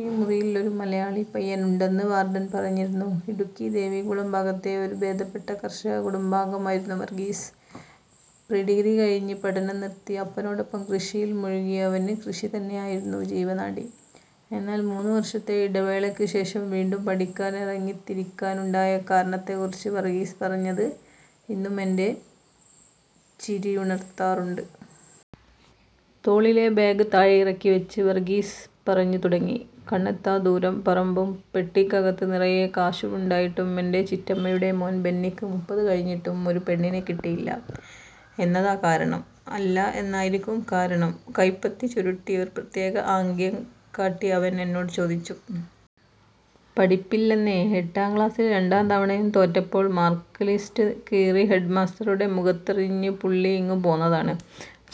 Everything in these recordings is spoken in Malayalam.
"ഈ മുറിയിൽ ഒരു മലയാളി പയ്യൻ ഉണ്ടെന്ന് വാർഡൻ പറഞ്ഞിരുന്നു. " ഇടുക്കി ദേവികുളം ഭാഗത്തെ ഒരു ഭേദപ്പെട്ട കർഷക കുടുംബാംഗമായിരുന്നു വർഗീസ്. പ്രീഡിഗ്രി കഴിഞ്ഞ് പഠനം നിർത്തി അപ്പനോടൊപ്പം കൃഷിയിൽ മുഴുകിയ അവന് കൃഷി തന്നെയായിരുന്നു ജീവനാഡി. എന്നാൽ മൂന്നു വർഷത്തെ ഇടവേളയ്ക്ക് ശേഷം വീണ്ടും പഠിക്കാൻ ഇറങ്ങിത്തിരിക്കാനുണ്ടായ കാരണത്തെക്കുറിച്ച് വർഗീസ് പറഞ്ഞത് ഇന്നും എന്റെ ചിരിയുണർത്താറുണ്ട്. തോളിലെ ബാഗ് താഴെയിറക്കി വെച്ച് വർഗീസ് പറഞ്ഞു തുടങ്ങി: "കണ്ണെത്താദൂരം പറമ്പും പെട്ടിക്കകത്ത് നിറയെ കാശുമുണ്ടായിട്ടും എന്റെ ചിറ്റമ്മയുടെ മോൻ ബെന്നിക്ക് മുപ്പത് കഴിഞ്ഞിട്ടും ഒരു പെണ്ണിനെ കിട്ടിയില്ല. എന്നതാ കാരണം.. അല്ല എന്നായിരിക്കും കാരണം.? " കൈപ്പത്തി ചുരുട്ടി ഒരു പ്രത്യേക ആംഗ്യം കാട്ടി അവൻ എന്നോട് ചോദിച്ചു. "പഠിപ്പില്ലെന്നേ... എട്ടാം ക്ലാസ്സിൽ രണ്ടാം തവണയും തോറ്റപ്പോൾ മാർക്ക് ലിസ്റ്റ് കീറി ഹെഡ്മാസ്റ്ററുടെ മുഖത്തെറിഞ്ഞ് പുള്ളി ഇങ്ങു പോന്നതാണ്.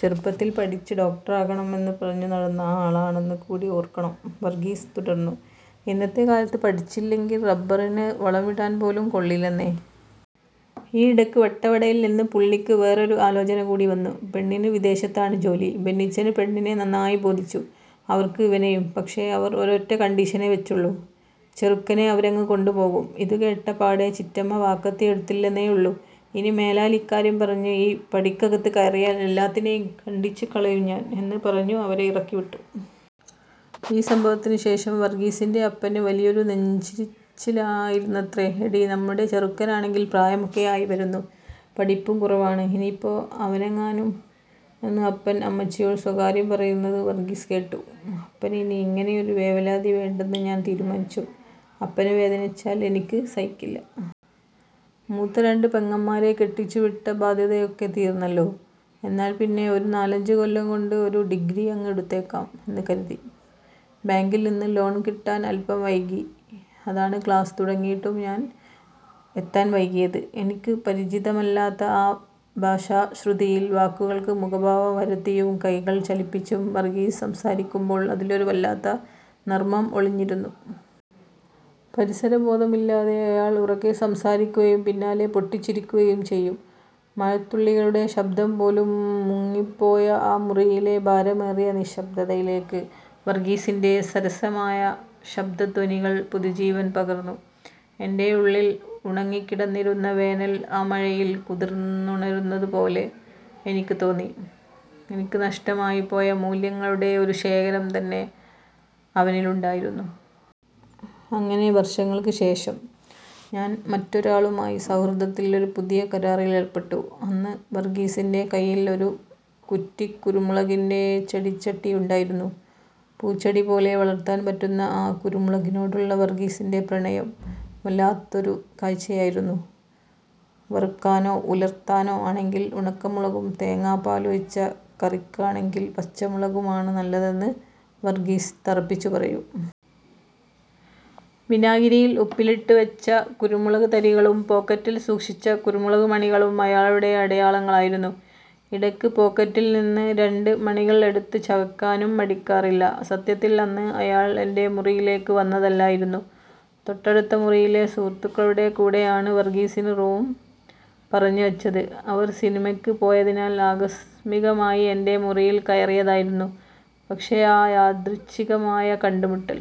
ചെറുപ്പത്തിൽ പഠിച്ച് ഡോക്ടറാകണം എന്ന് പറഞ്ഞു നടന്ന ആളാണെന്ന് കൂടി ഓർക്കണം! " വർഗീസ് തുടർന്നു: "ഇന്നത്തെ കാലത്ത് പഠിപ്പില്ലെങ്കിൽ റബ്ബറിന് വളമിടാൻ പോലും കൊള്ളില്ലെന്നേ. ഈയിടയ്ക്ക് വട്ടവടയിൽ നിന്ന് പുള്ളിക്ക് വേറൊരു ആലോചന കൂടി വന്നു. പെണ്ണിന് വിദേശത്താണ് ജോലി. ബെന്നിച്ചന് പെണ്ണിനെ നന്നായി ബോധിച്ചു, അവർക്ക് ഇവനെയും. പക്ഷേ അവർ ഒരൊറ്റ കണ്ടീഷനേ വെച്ചുള്ളൂ ചെറുക്കനെ അവരങ്ങ് കൊണ്ടുപോകും! ഇതുകേട്ട പാടെ ചിറ്റമ്മ വാക്കത്തി എടുത്തില്ലെന്നേയുള്ളൂ. 'ഇനിമേലാൽ ഇക്കാര്യം പറഞ്ഞു ഈ പടിക്കകത്ത് കയറിയാൽ എല്ലാത്തിനെയും കണ്ഡിച്ച് കളയും ഞാൻ' എന്ന് പറഞ്ഞു അവരെ ഇറക്കിവിട്ടു. " ഈ സംഭവത്തിന് ശേഷം വർഗീസിന്റെ അപ്പന് വലിയൊരു നെഞ്ചിരിച്ചിലായിരുന്നത്രേ. "എടീ, നമ്മുടെ ചെറുക്കനാണെങ്കിൽ പ്രായമൊക്കെ ആയിവരുന്നു, പഠിപ്പും കുറവാണ്. ഇനിയിപ്പോ അവനെങ്ങാനും... " എന്ന് അപ്പൻ അമ്മച്ചിയോട് സ്വകാര്യം പറയുന്നത് വർഗീസ് കേട്ടു. "അപ്പന് ഇനി അങ്ങനെയൊരു വേവലാതി വേണ്ടെന്ന് ഞാൻ തീരുമാനിച്ചു. അപ്പന് വേദനിച്ചാൽ എനിക്ക് സഹിക്കില്ല. മൂത്ത രണ്ട് പെങ്ങന്മാരെ കെട്ടിച്ചുവിട്ട ബാധ്യതയൊക്കെ തീർന്നല്ലോ. എന്നാൽപ്പിന്നെ ഒരു നാലഞ്ചു കൊല്ലം കൊണ്ട് ഒരു ഡിഗ്രി അങ്ങ് എടുത്തേക്കാം എന്ന് കരുതി. ബാങ്കിൽ നിന്ന് ലോൺ കിട്ടാൻ അല്പം വൈകി, അതാണ് ക്ലാസ് തുടങ്ങിയിട്ടും ഞാൻ എത്താൻ വൈകിയത്. " എനിക്ക് പരിചിതമല്ലാത്ത ആ ഭാഷാശ്രുതിയിൽ, വാക്കുകൾക്ക് മുഖഭാവം വരുത്തിയും കൈകൾ ചലിപ്പിച്ചും വർഗീസ് സംസാരിക്കുമ്പോൾ അതിലൊരു വല്ലാത്ത നർമ്മം ഒളിഞ്ഞിരുന്നു. പരിസരബോധമില്ലാതെ അയാൾ ഉറക്കെ സംസാരിക്കുകയും പിന്നാലെ പൊട്ടിച്ചിരിക്കുകയും ചെയ്യും. മഴത്തുള്ളികളുടെ ശബ്ദം പോലും മുങ്ങിപ്പോയ ആ മുറിയിലെ ഭാരമേറിയ നിശ്ശബ്ദതയിലേക്ക് വർഗീസിന്റെ സരസമായ ശബ്ദധ്വനികൾ പുതുജീവൻ പകർന്നു. എന്റെ ഉള്ളിൽ ഉണങ്ങിക്കിടന്നിരുന്ന വേനൽ ആ മഴയിൽ കുതിർന്നുണരുന്നതുപോലെ എനിക്ക് തോന്നി. എനിക്ക് നഷ്ടമായിപ്പോയ മൂല്യങ്ങളുടെ ഒരു ശേഖരം തന്നെ അവനിലുണ്ടായിരുന്നു. അങ്ങനെ വർഷങ്ങൾക്ക് ശേഷം, ഞാൻ മറ്റൊരാളുമായി സൗഹൃദത്തിന്റെ ഒരു പുതിയ കരാറിലേർപ്പെട്ടു. അന്ന് വർഗീസിന്റെ കയ്യിൽ ഒരു കുറ്റിക്കുരുമുളകിന്റെ ചെടിച്ചട്ടിയുണ്ടായിരുന്നു. പൂച്ചെടിപോലെ വളർത്താൻ പറ്റുന്ന ആ കുരുമുളകിനോടുള്ള വർഗീസിന്റെ പ്രണയം വല്ലാത്തൊരു കാഴ്ചയായിരുന്നു. വറുക്കാനോ ഉലർത്താനോ ആണെങ്കിൽ ഉണക്കമുളകും, തേങ്ങാപ്പാലൊഴിച്ച കറിക്കാണെങ്കിൽ പച്ചമുളകുമാണ് നല്ലതെന്ന് വർഗീസ് തറപ്പിച്ചു പറയും. വിനാഗിരിയിൽ ഉപ്പിലിട്ടുവെച്ച കുരുമുളക് തിരികളും പോക്കറ്റിൽ സൂക്ഷിച്ച കുരുമുളക് മണികളും അയാളുടെ അടയാളങ്ങളായിരുന്നു. ഇടയ്ക്ക് പോക്കറ്റിൽ നിന്ന് രണ്ട് മണികൾ എടുത്ത് ചവയ്ക്കാനും മടിക്കാറില്ല. സത്യത്തിൽ അന്ന് അയാൾ എന്റെ മുറിയിലേക്ക് വന്നതല്ലായിരുന്നു. തൊട്ടടുത്ത മുറിയിലെ സുഹൃത്തുക്കളുടെ കൂടെയാണ് വർഗ്ഗീസിന് റൂം പറഞ്ഞ് വെച്ചത്. അവർ സിനിമയ്ക്ക് പോയതിനാൽ ആകസ്മികമായി എന്റെ മുറിയിൽ കയറിയതായിരുന്നു. പക്ഷേ ആ യാദൃച്ഛികമായ കണ്ടുമുട്ടൽ